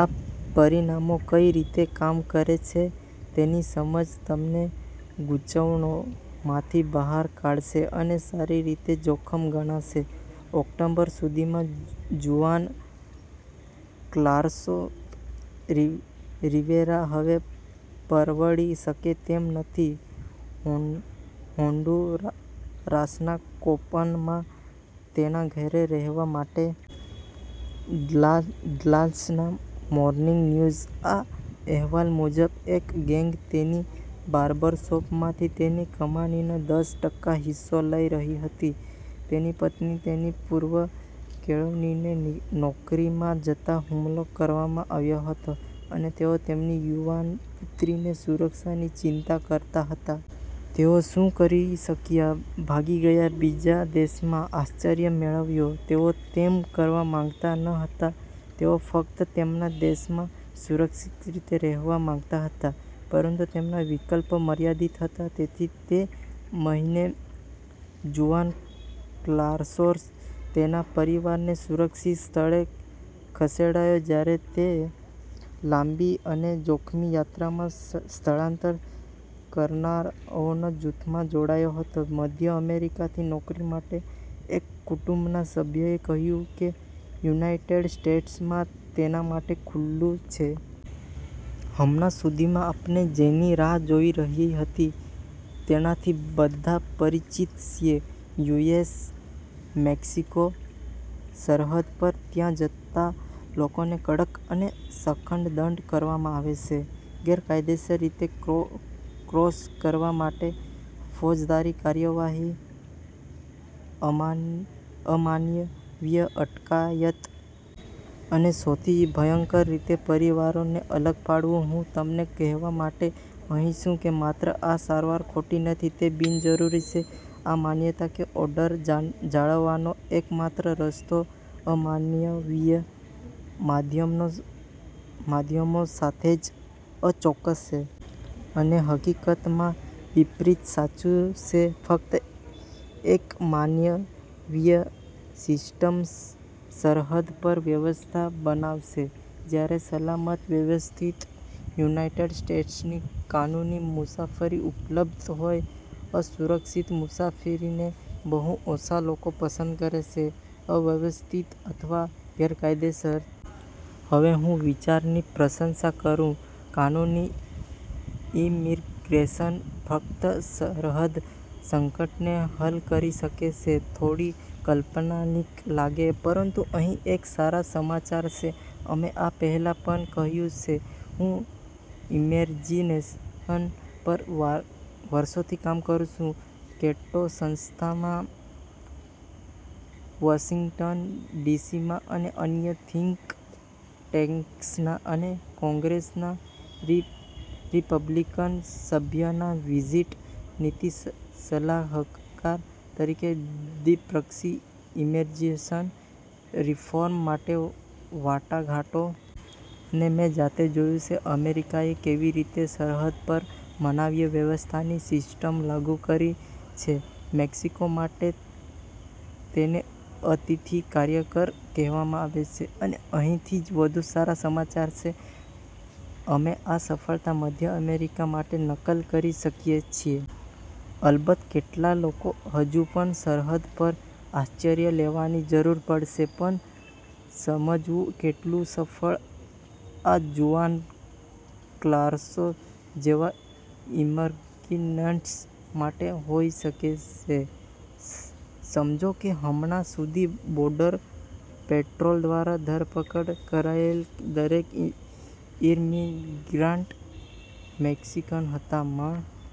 આ પરિમાણો કઈ રીતે કામ કરે છે તેની સમજ તમને ગૂંચવણોમાંથી બહાર કાઢશે અને સારી રીતે જોખમ ગણાવશે. ઓક્ટોબર સુધીમાં જુઆન કાર્લોસ રિવેરા હવે પરવડી શકે તેમ નથી હોન્ડુરાસના કોપનમાં તેના ઘરે રહેવા માટે. "ડલ્લાસ મોર્નિંગ ન્યૂઝ" ના અહેવાલ મુજબ, એક ગેંગ તેની બાર્બર શોપમાંથી તેની કમાણીનો દસ ટકા હિસ્સો લઈ રહી હતી. તેની પત્નીને તેની પૂર્વ-કેળવણીની નોકરીમાં જતાં હુમલો કરવામાં આવ્યો હતો. અને તેઓ તેમની યુવાન પુત્રીની સુરક્ષાની ચિંતા કરતા હતા. તેઓ શું કરી શક્યા? ભાગી ગયા? બીજા દેશમાં આશ્રય મેળવયો? તેઓ તેમ કરવા માંગતા ન હતા. તેઓ ફક્ત તેમના દેશમાં સુરક્ષિત રીતે રહેવા। માંગતા હતા. પરંતુ તેમના વિકલ્પો મર્યાદિત હતા. તેથી તે મહિને, જુઆન કાર્લોસ તેના પરિવારને સુરક્ષિત સ્થળે ખસેડ્યો જ્યારે તે લાંબી અને જોખમી યાત્રામાં સ્થળાંતર કરનારાઓના જૂથમાં જોડાયો હતો મધ્ય અમેરિકાથી નોકરી માટે એક કુટુંબના સભ્યએ કહ્યું કે યુનાઇટેડ સ્ટેટ્સમાં તેના માટે ખુલ્લું છે. હમણાં સુધીમાં, આપણે જેની રાહ જોઇ રહી હતી તેનાથી બધા પરિચિત છીએ યુએસ-મેક્સિકો સરહદ પર. ત્યાં જતા લોકોને કડક અને સખત દંડ કરવામાં આવે છે. ગેરકાયદેસર રીતે ક્રોસ કરવા માટે ફોજદારી કાર્યવાહી. અમાનવીય અટકાયત. અને સૌથી ભયંકર રીતે, પરિવારોને અલગ પાડવું. હું તમને કહેવા માટે અહીં છું કે માત્ર આ સારવાર ખોટી નથી, તે બિનજરૂરી છે. આ માન્યતા કે ઓર્ડર જાળવવાનો એકમાત્ર રસ્તો અમાનવીય માધ્યમો સાથે છે અચોક્કસ છે. અને હકીકતમાં, વિપરીત સાચું છે. ફક્ત એક માનવીય સિસ્ટમ સરહદ પર વ્યવસ્થા બનાવશે. જ્યારે સલામત, વ્યવસ્થિત, યુનાઇટેડ સ્ટેટ્સની કાનૂની મુસાફરી ઉપલબ્ધ હોય, અસુરક્ષિત મુસાફરીને બહુ ઓછા લોકો પસંદ કરે છે, અવ્યવસ્થિત અથવા ગેરકાયદેસર. હવે, હું વિચારની પ્રશંસા કરું કાનૂની ઇમિગ્રેશન ફક્ત સરહદ સંકટને હલ કરી શકે છે થોડી કાલ્પનિક લાગે. પરંતુ અહીં એક સારા સમાચાર છે: અમે આ પહેલા પણ કર્યું છે. હું ઇમિગ્રેશન પર વર્ષોથી કામ કરું છું કેટો સંસ્થામાં વશિંગ્ટન ડીસીમાં અને અન્ય થિંક ટેન્ક્સ અને કોંગ્રેસના રિપબ્લિકન સભ્યના વરિષ્ઠ નીતિ સલાહકાર તરીકે, દ્વિપક્ષી ઇમિગ્રેશન રિફોર્મ માટે વાટાઘાટો. અને મેં જાતે જોયું છે અમેરિકાએ કેવી રીતે સરહદ પર માનવીય વ્યવસ્થાની સિસ્ટમ લાગુ કરી છે મેક્સિકો માટે. તેને અતિથિ કાર્યકર કહેવામાં આવે છે. અને અહીંથી વધુ સારા સમાચાર છે. અમે આ સફળતા મધ્ય અમેરિકા માટે નકલ કરી શકીએ છીએ. અલબત્ત, કેટલાક લોકો હજુ પણ સરહદ પર આશ્રય લેવાની જરૂર પડશે. પણ સમજવું કેટલું સફળ આ જુઆન કાર્લોસ જેવા ઇમિગ્રન્ટ્સ માટે હોઈ શકે છે, સમજો કે હમણાં સુધી, બોર્ડર પેટ્રોલ દ્વારા ધરપકડ કરાયેલ દરેક ઇમિગ્રન્ટ મેક્સીકન હતા. માં,